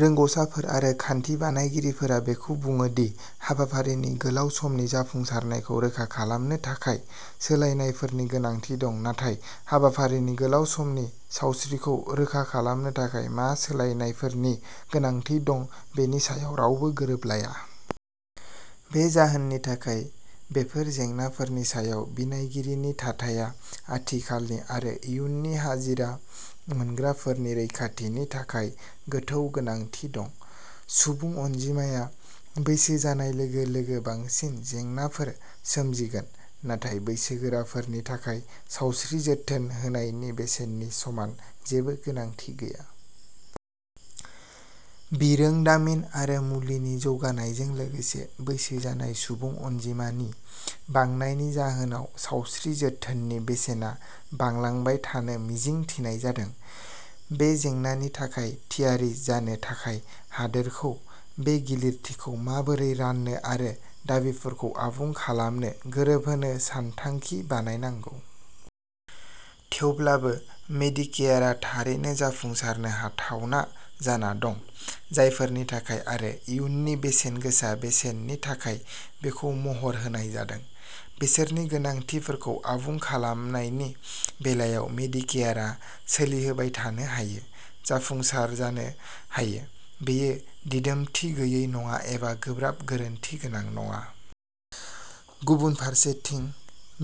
रोंग'साफोर आरो खान्थि बानायगिरिफोरा बेखौ बुङो दि हाबाफारिनि गोलाव समनि जाफुंसारनायखौ रोखा खालामनो थाखाय सोलायनायफोरनि गोनांथि दं, नाथाय हाबाफारिनि गोलाव समनि सावस्रिखौ रोखा खालामनो थाखाय मा सोलायनायफोरनि गोनांथि दं बेनि सायाव रावबो गोरोबलाया। बे जाहोननि थाखाय, बेफोर जेंनाफोरनि सायाव बिनायगिरिनि थाथाइया आथिखालनि आरो इयुननि हाजिरा मोनग्राफोरनि रैखाथिनि थाखाय गोथौ गोनांथि दं। सुबुं अनजिमाया बैसो जानाय लोगो-लोगो बांसिन जेंनाफोर सोमजिगोन, नाथाय बैसोगोराफोरनि थाखाय सावस्रि जोथोन होनायनि बेसेननि समान जेबो गोनांथि गैया। बिरोंदामिन आरो मुलिनि जौगानायजों लोगोसे बैसो जानाय सुबुं अनजिमानि बांनायनि जाहोनाव, सावस्रि जोथोननि बेसेना बांलांबाय थानो मिजिं थिनाय जादों। बे जेंनानि थाखाय थियारि जानो थाखाय हादोरखौ बे गिलिरथिखौ माबोरै राननो आरो दाबिफोरखौ आबुं खालामनो गोरोबहोनो सानथांखि बानायनांगौ। थेवब्लाबो, मेडिकेयारआ थारैनो जाफुंसारनो हाथावना जाना दं। जायफोरनि थाखाय आरो इयुननि बेसेनगोसा बेसेननि थाखाय बेखौ महर होनाय जादों, बिसोरनि गोनांथिफोरखौ आबुं खालामनायनि बेलायाव, मेडिकेयारआ सोलिहोबाय थानो हायो। जाफुंसार जानो हायो। बेयो दिदोमथि गैयै नङा एबा गोब्राब गोरोन्थि गोनां नङा। गुबुन फारसेथिं,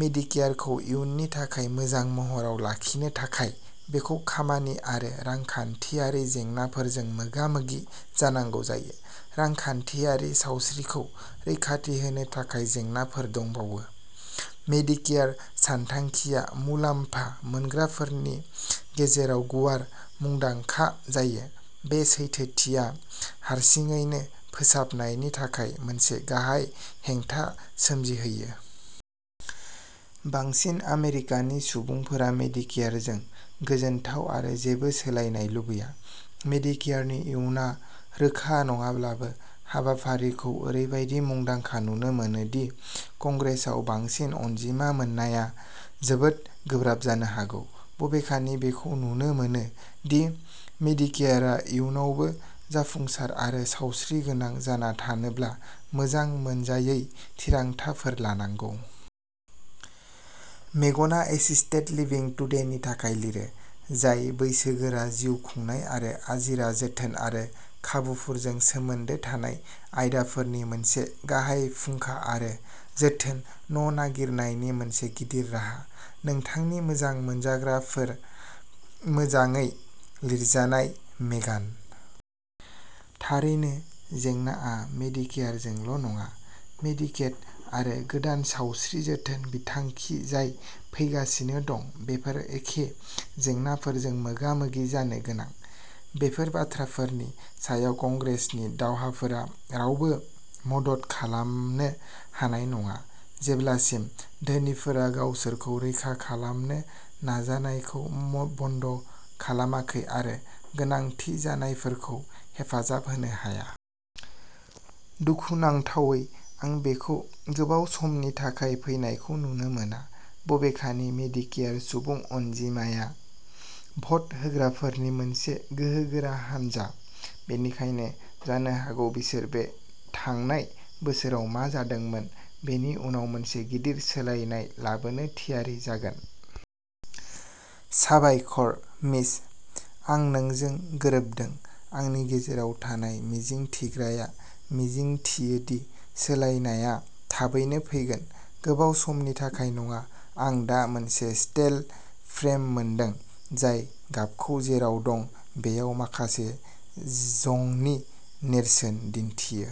मेडिकेयारखौ इयुननि थाखाय मोजां महराव लाखिनो थाखाय, बेखौ खामानि आरो रांखान्थियारि जेंनाफोरजों मोगा-मोगि जानांगौ जायो। रांखान्थियारि सावस्रिखौ रैखाथि होनो थाखाय जेंनाफोर दंबावो। मेडिकेयार सानथांखिआ मुलामफा मोनग्राफोरनि गेजेराव गुवार मुंदांखा जायो। बे सैथोथिया हारसिङैनो फोसाबनायनि थाखाय मोनसे गाहाय हेंथा सोमजिहोयो। बांसिन आमेरिकानि सुबुंफोरा मेडिकेयारजों गोजोनथाव आरो जेबो सोलायनाय लुबैया। मेडिकेयारनि इयुनआ रोखा नङाब्लाबो, हाबाफारिखौ ओरैबायदि मुंदांखा नुनो मोनो दि कंग्रेसआव बांसिन अनजिमा मोननाया जोबोद गोब्राब जानो हागौ। बबेखानि, बेखौ नुनो मोनो दि मेडिकेयारआ इयुनावबो जाफुंसार आरो सावस्रिगोनां जाना थानोब्ला मोजां मोनजायै थिरांथाफोर लानांगौ। मेगनआ एसिस्टेड लिभिं टुडेनि थाखाय लिरो, जाय बैसोगोरा जिउ खुंनाय आरो आजिरा जोथोन आरो खाबुफोरजों सोमोन्दो थानाय आयदाफोरनि मोनसे गाहाय फुंखा आरो जोथोन न'नागिरनायनि मोनसे गिदिर राहा। नोंथांनि मोजां मोनजाग्राफोर। मोजाङै लिरजानाय मेगान। थारैनो, जेंनाआ मेडिकेयारजोंल'नङा। मेडिकेड आरो गोदान सावस्रि जोथोन बिथांखि जाय फैगासिनो दं, बेफोर एखे जेंनाफोरजों मोगा-मोगि जानो गोनां। बेफोर बाथ्राफोरनि सायाव कंग्रेसनि दावहाफोरा रावबो मदद खालामनो हानाय नङा, जेब्लासिम धोनिफोरा गावसोरखौ रैखा खालामनो नाजानायखौ बन्द'खालामाखै आरो गोनांथि जानायफोरखौ हेफाजाब होनो हाया। दुखुनांथावै, आं बेखौ गोबाव समनि थाखाय फैनायखौ नुनो मोना। बबेखानि, मेडिकेयार सुबुं अनजिमाया भट होग्राफोरनि मोनसे गोहोगोरा हानजा, बेनिखायनो जानो हागौ बिसोर बे थांनाय बोसोराव मा जादोंमोन बेनि उनाव मोनसे गिदिर सोलायनाय लाबोनो थियारि जागोन। साबायखर, मिच। आं नोंजों गोरोबदों। आंनि गेजेराव थानाय मिजिंथिग्राया मिजिंथियो दि सोलायनायआ थाबैनो फैगोन, गोबाव समनि थाखाय नङा! आं दा मोनसे स्टेल फ्रेम मोनदों, जाय गाबखौ जेराव दं, बैयाव माखासे जंनि नेरसोन दिन्थियो।